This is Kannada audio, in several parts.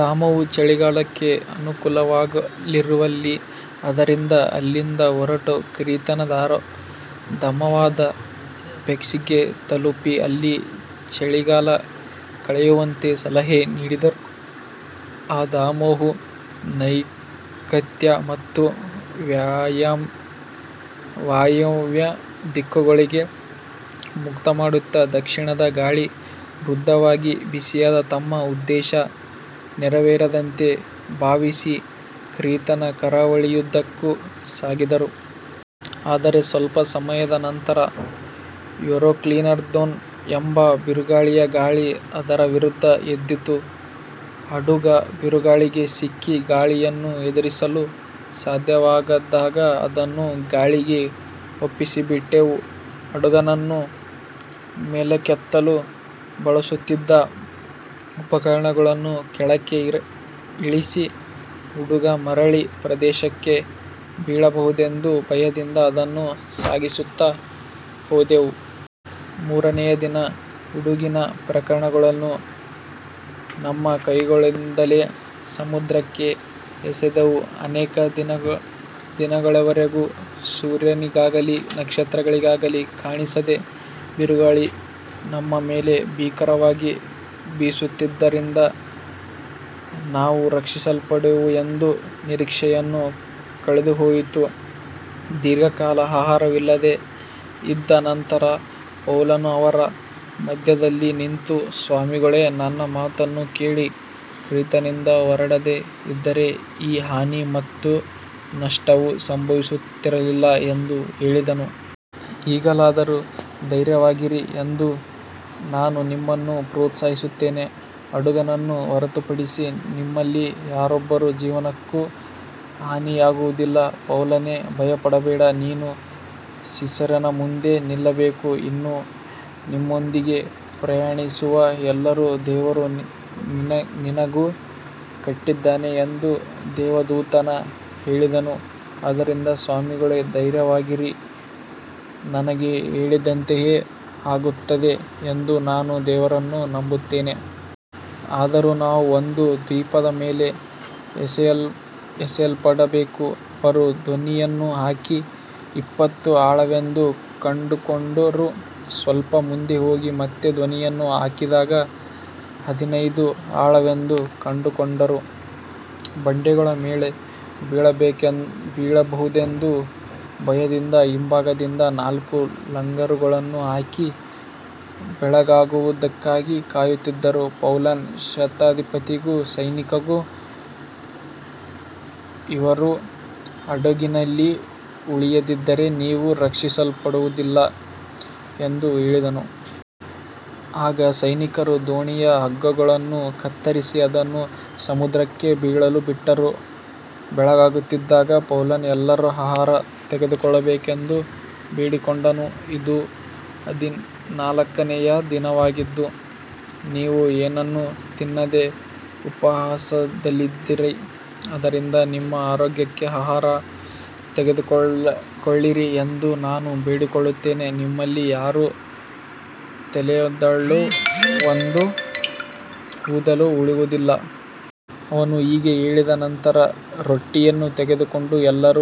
ಧಾಮವು ಚಳಿಗಾಲಕ್ಕೆ ಅನುಕೂಲಕರವಾಗಿರಲಿಲ್ಲ. ಆದ್ದರಿಂದ ಅಲ್ಲಿಂದ ಹೊರಟು ಕ್ರೀತಿನ ಧಾಮವಾದ ಫೆನಿಕ್ಸಿಗೆ ತಲುಪಿ, ಅಲ್ಲಿ ಚಳಿಗಾಲ ಕಳೆಯುವಂತೆ ಸಲಹೆ ನೀಡಿದರು. ಆ ಧಾಮವು ನೈಋತ್ಯ ಮತ್ತು ವಾಯವ್ಯ ದಿಕ್ಕುಗಳಿಗೆ ಮುಖಮಾಡಿತ್ತು. ದಕ್ಷಿಣದ ಗಾಳಿ ಮೃದುವಾಗಿ ಬೀಸಿದಾಗ ತಮ್ಮ ಉದ್ದೇಶ ನೆರವೇರಿತೆಂದು ಭಾವಿಸಿ ಕ್ರೀತಿನ ಕರಾವಳಿಯುದ್ದಕ್ಕೂ ಸಾಗಿದರು. ಆದರೆ ಸ್ವಲ್ಪ ಸಮಯದ ನಂತರ ಯುರಕ್ಲಿದೋನ್ ಎಂಬ ಬಿರುಗಾಳಿಯ ಗಾಳಿ ಅದರ ವಿರುದ್ಧ ಎದ್ದಿತು. ಹಡಗು ಬಿರುಗಾಳಿಗೆ ಸಿಕ್ಕಿ ಗಾಳಿಯನ್ನು ಎದುರಿಸಲು ಸಾಧ್ಯವಾಗದಾಗ, ಅದನ್ನು ಗಾಳಿಗೆ ಒಪ್ಪಿಸಿಬಿಟ್ಟೆವು. ಹಡಗನ್ನು ಮೇಲಕ್ಕೆತ್ತಲು ಬಳಸುತ್ತಿದ್ದ ಉಪಕರಣಗಳನ್ನು ಕೆಳಕ್ಕೆ ಇಳಿಸಿ, ಹಡಗು ಮರಳಿನ ಪ್ರದೇಶಕ್ಕೆ ಬೀಳಬಹುದೆಂಬ ಭಯದಿಂದ ಅದನ್ನು ಸಾಗಿಸುತ್ತಾ ಹೋದೆವು. ಮೂರನೆಯ ದಿನ ಹಡಗಿನ ಉಪಕರಣಗಳನ್ನು ನಮ್ಮ ಕೈಗಳಿಂದಲೇ ಸಮುದ್ರಕ್ಕೆ ಎಸೆದೆವು. ಅನೇಕ ದಿನಗಳವರೆಗೆ ಸೂರ್ಯನಾಗಲಿ ನಕ್ಷತ್ರಗಳಾಗಲಿ ಕಾಣಿಸದೆ, ಬಿರುಗಾಳಿ ನಮ್ಮ ಮೇಲೆ ಭೀಕರವಾಗಿ ಬೀಸುತ್ತಿದ್ದುದರಿಂದ, ನಾವು ರಕ್ಷಿಸಲ್ಪಡುವೆವು ಎಂಬ ನಿರೀಕ್ಷೆಯೆಲ್ಲ ಕಳೆದುಹೋಯಿತು. ದೀರ್ಘಕಾಲ ಆಹಾರವಿಲ್ಲದೆ ಇದ್ದ ನಂತರ ಪೌಲನು ಅವರ ಮಧ್ಯದಲ್ಲಿ ನಿಂತು, ಸ್ವಾಮಿಗಳೇ, ನನ್ನ ಮಾತನ್ನು ಕೇಳಿ ಕ್ರೀತಿನಿಂದ ಹೊರಡದೆ ಇದ್ದಿದ್ದರೆ ಈ ಹಾನಿ ಮತ್ತು ನಷ್ಟವು ಸಂಭವಿಸುತ್ತಿರಲಿಲ್ಲ ಎಂದು ಹೇಳಿದನು. ಈಗಲಾದರೂ ಧೈರ್ಯವಾಗಿರಿ ಎಂದು ನಾನು ನಿಮ್ಮನ್ನು ಪ್ರೋತ್ಸಾಹಿಸುತ್ತೇನೆ. ಹಡಗನ್ನು ಹೊರತುಪಡಿಸಿ ನಿಮ್ಮಲ್ಲಿ ಯಾರೊಬ್ಬರ ಜೀವಕ್ಕೂ ಹಾನಿಯಾಗುವುದಿಲ್ಲ. ಪೌಲನೇ, ಭಯಪಡಬೇಡ. ನೀನು ಸೀಸರನ ಮುಂದೆ ನಿಲ್ಲಬೇಕು. ಇಗೋ, ನಿನ್ನೊಂದಿಗೆ ಪ್ರಯಾಣಿಸುವ ಎಲ್ಲರನ್ನೂ ದೇವರು ನಿನಗೆ ಕೊಟ್ಟಿದ್ದಾನೆ ಎಂದು ದೇವದೂತನು ಹೇಳಿದನು. ಆದ್ದರಿಂದ ಸ್ವಾಮಿಗಳೇ, ಧೈರ್ಯವಾಗಿರಿ. ನನಗೆ ಹೇಳಿದಂತೆಯೇ ಆಗುತ್ತದೆ ಎಂದು ನಾನು ದೇವರನ್ನು ನಂಬುತ್ತೇನೆ. ಆದರೂ ನಾವು ಒಂದು ದ್ವೀಪದ ಮೇಲೆ ಎಸೆಯಲ್ಪಡಬೇಕು. ಅವರು ಧ್ವನಿಯನ್ನು ಹಾಕಿ ಇಪ್ಪತ್ತು ಆಳವೆಂದು ಕಂಡುಕೊಂಡರು. ಸ್ವಲ್ಪ ಮುಂದೆ ಹೋಗಿ ಮತ್ತೆ ಧ್ವನಿಯನ್ನು ಹಾಕಿದಾಗ ಹದಿನೈದು ಆಳವೆಂದು ಕಂಡುಕೊಂಡರು. ಬಂಡೆಗಳ ಮೇಲೆ ಬೀಳಬಹುದೆಂಬ ಭಯದಿಂದ ಹಿಂಭಾಗದಿಂದ ನಾಲ್ಕು ಲಂಗರುಗಳನ್ನು ಹಾಕಿ ಬೆಳಗಾಗುವುದಕ್ಕಾಗಿ ಕಾಯುತ್ತಿದ್ದರು. ಪೌಲನು ಶತಾಧಿಪತಿಗೂ ಸೈನಿಕರಿಗೂ, ಇವರು ಹಡಗಿನಲ್ಲಿ ಉಳಿಯದಿದ್ದರೆ ನೀವು ರಕ್ಷಿಸಲ್ಪಡುವುದಿಲ್ಲ ಎಂದು ಹೇಳಿದನು. ಆಗ ಸೈನಿಕರು ದೋಣಿಯ ಹಗ್ಗಗಳನ್ನು ಕತ್ತರಿಸಿ ಅದನ್ನು ಸಮುದ್ರಕ್ಕೆ ಬೀಳಲು ಬಿಟ್ಟರು. ಬೆಳಗಾಗುತ್ತಿದ್ದಾಗ ಪೌಲನು ಎಲ್ಲರೂ ಆಹಾರ ತೆಗೆದುಕೊಳ್ಳಬೇಕೆಂದು ಬೇಡಿಕೊಂಡನು. ಇದು ಹದಿನಾಲ್ಕನೆಯ ದಿನವಾಗಿದ್ದು, ನೀವು ಏನನ್ನೂ ತಿನ್ನದೆ ಉಪವಾಸದಲ್ಲಿದ್ದೀರಿ. ಆದ್ದರಿಂದ ನಿಮ್ಮ ಆರೋಗ್ಯಕ್ಕಾಗಿ ಆಹಾರ ತೆಗೆದುಕೊಳ್ಳಿರಿ ಎಂದು ನಾನು ಬೇಡಿಕೊಳ್ಳುತ್ತೇನೆ. ನಿಮ್ಮಲ್ಲಿ ಯಾರ ತಲೆಯಿಂದಲೂ ಒಂದು ಕೂದಲು ಉದುರುವುದಿಲ್ಲ. ಅವನು ಹೀಗೆ ಹೇಳಿದ ನಂತರ ರೊಟ್ಟಿಯನ್ನು ತೆಗೆದುಕೊಂಡು ಎಲ್ಲರ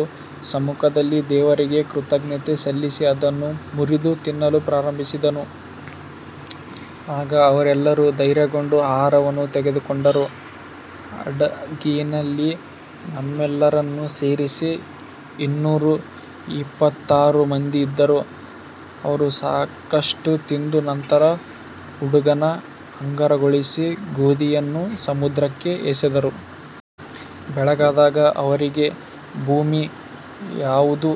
ಸಮ್ಮುಖದಲ್ಲಿ ದೇವರಿಗೆ ಕೃತಜ್ಞತೆ ಸಲ್ಲಿಸಿ ಅದನ್ನು ಮುರಿದು ತಿನ್ನಲು ಪ್ರಾರಂಭಿಸಿದನು. ಆಗ ಅವರೆಲ್ಲರೂ ಧೈರ್ಯಗೊಂಡು ಆಹಾರವನ್ನು ತೆಗೆದುಕೊಂಡರು. ಹಡಗಿನಲ್ಲಿ ನಮ್ಮೆಲ್ಲರನ್ನು ಸೇರಿಸಿ ಇನ್ನೂರ ಎಪ್ಪತ್ತಾರು ಮಂದಿ ಇದ್ದರು. ಅವರು ಸಾಕಷ್ಟು ತಿಂದ ನಂತರ ಹಡಗನ್ನು ಹಗುರಗೊಳಿಸಲು ಗೋಧಿಯನ್ನು ಸಮುದ್ರಕ್ಕೆ ಎಸೆದರು. ಬೆಳಗಾದಾಗ ಅವರಿಗೆ ಭೂಮಿ ಯಾವುದು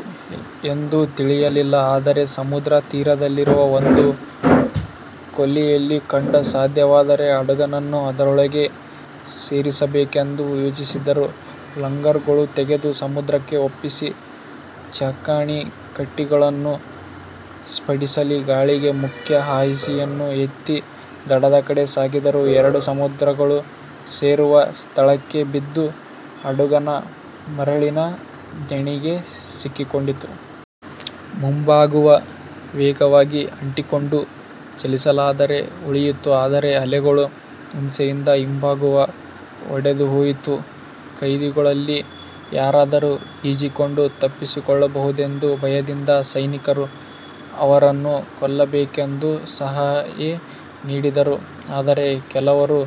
ಎಂದು ತಿಳಿಯಲಿಲ್ಲ. ಆದರೆ ಸಮುದ್ರತೀರವಿರುವ ಒಂದು ಕೊಲ್ಲಿಯನ್ನು ಕಂಡು, ಸಾಧ್ಯವಾದರೆ ಹಡಗನ್ನು ಅದರೊಳಗೆ ಸೇರಿಸಬೇಕೆಂದು ಯೋಚಿಸಿದರು. ಲಂಗರುಗಳನ್ನು ತೆಗೆದು ಸಮುದ್ರಕ್ಕೆ ಒಪ್ಪಿಸಿ, ಚುಕ್ಕಾಣಿ ಪಟ್ಟಿಗಳನ್ನು ಸಡಿಲಿಸಿ, ಗಾಳಿಗೆ ಮುಖ್ಯ ಹಾಯಿಯನ್ನು ಎತ್ತಿ ದಡದ ಕಡೆಗೆ ಸಾಗಿದರು. ಎರಡು ಸಮುದ್ರಗಳು ಸೇರುವ ಸ್ಥಳಕ್ಕೆ ಬಿದ್ದಾಗ ಹಡಗು ಮರಳಿನ ದಿಣ್ಣೆಗೆ ಸಿಕ್ಕಿಕೊಂಡಿತು. ಮುಂಭಾಗವು ವೇಗವಾಗಿ ಅಂಟಿಕೊಂಡು ಚಲಿಸಲಾರದೆ ಉಳಿಯಿತು. ಆದರೆ ಅಲೆಗಳ ಹಿಂಸೆಯಿಂದ ಹಿಂಭಾಗವು ಒಡೆದುಹೋಯಿತು. ಕೈದಿಗಳಲ್ಲಿ ಯಾರಾದರೂ ಈಜಿಕೊಂಡು ತಪ್ಪಿಸಿಕೊಳ್ಳಬಹುದೆಂಬ ಭಯದಿಂದ ಸೈನಿಕರು ಅವರನ್ನು ಕೊಲ್ಲಬೇಕೆಂದು ಸಲಹೆ ನೀಡಿದರು. ಆದರೆ ಕೆಲವರು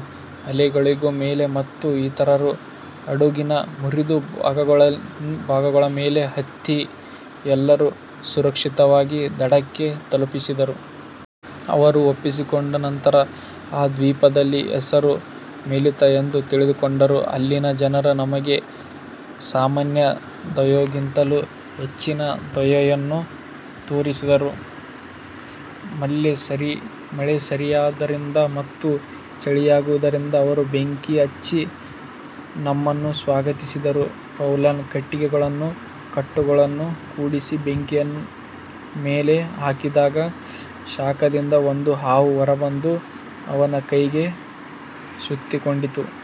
ಹಲಗೆಗಳ ಮೇಲೆ ಮತ್ತು ಇತರರು ಹಡಗಿನ ಮುರಿದ ಭಾಗಗಳ ಮೇಲೆ ಹತ್ತಿ, ಎಲ್ಲರೂ ಸುರಕ್ಷಿತವಾಗಿ ದಡಕ್ಕೆ ತಲುಪಿದರು. ಅವರು ತಪ್ಪಿಸಿಕೊಂಡ ನಂತರ ಆ ದ್ವೀಪದ ಹೆಸರು ಮೆಲಿತಾ ಎಂದು ತಿಳಿದುಕೊಂಡರು. ಅಲ್ಲಿನ ಜನರು ನಮಗೆ ಸಾಮಾನ್ಯ ದಯೆಗಿಂತಲೂ ಹೆಚ್ಚಿನ ದಯೆಯನ್ನು ತೋರಿಸಿದರು. ಮಳೆ ಸುರಿಯುತ್ತಿದ್ದುದರಿಂದ ಮತ್ತು ಚಳಿಯಾಗಿದ್ದುದರಿಂದ ಅವರು ಬೆಂಕಿ ಹಚ್ಚಿ ನಮ್ಮನ್ನು ಸ್ವಾಗತಿಸಿದರು. ಪೌಲನು ಕಟ್ಟಿಗೆಗಳ ಕಟ್ಟುಗಳನ್ನು ಕೂಡಿಸಿ ಬೆಂಕಿಯ ಮೇಲೆ ಹಾಕಿದಾಗ, ಶಾಖದಿಂದ ಒಂದು ಹಾವು ಹೊರಬಂದು ಅವನ ಕೈಗೆ ಸುತ್ತಿಕೊಂಡಿತು.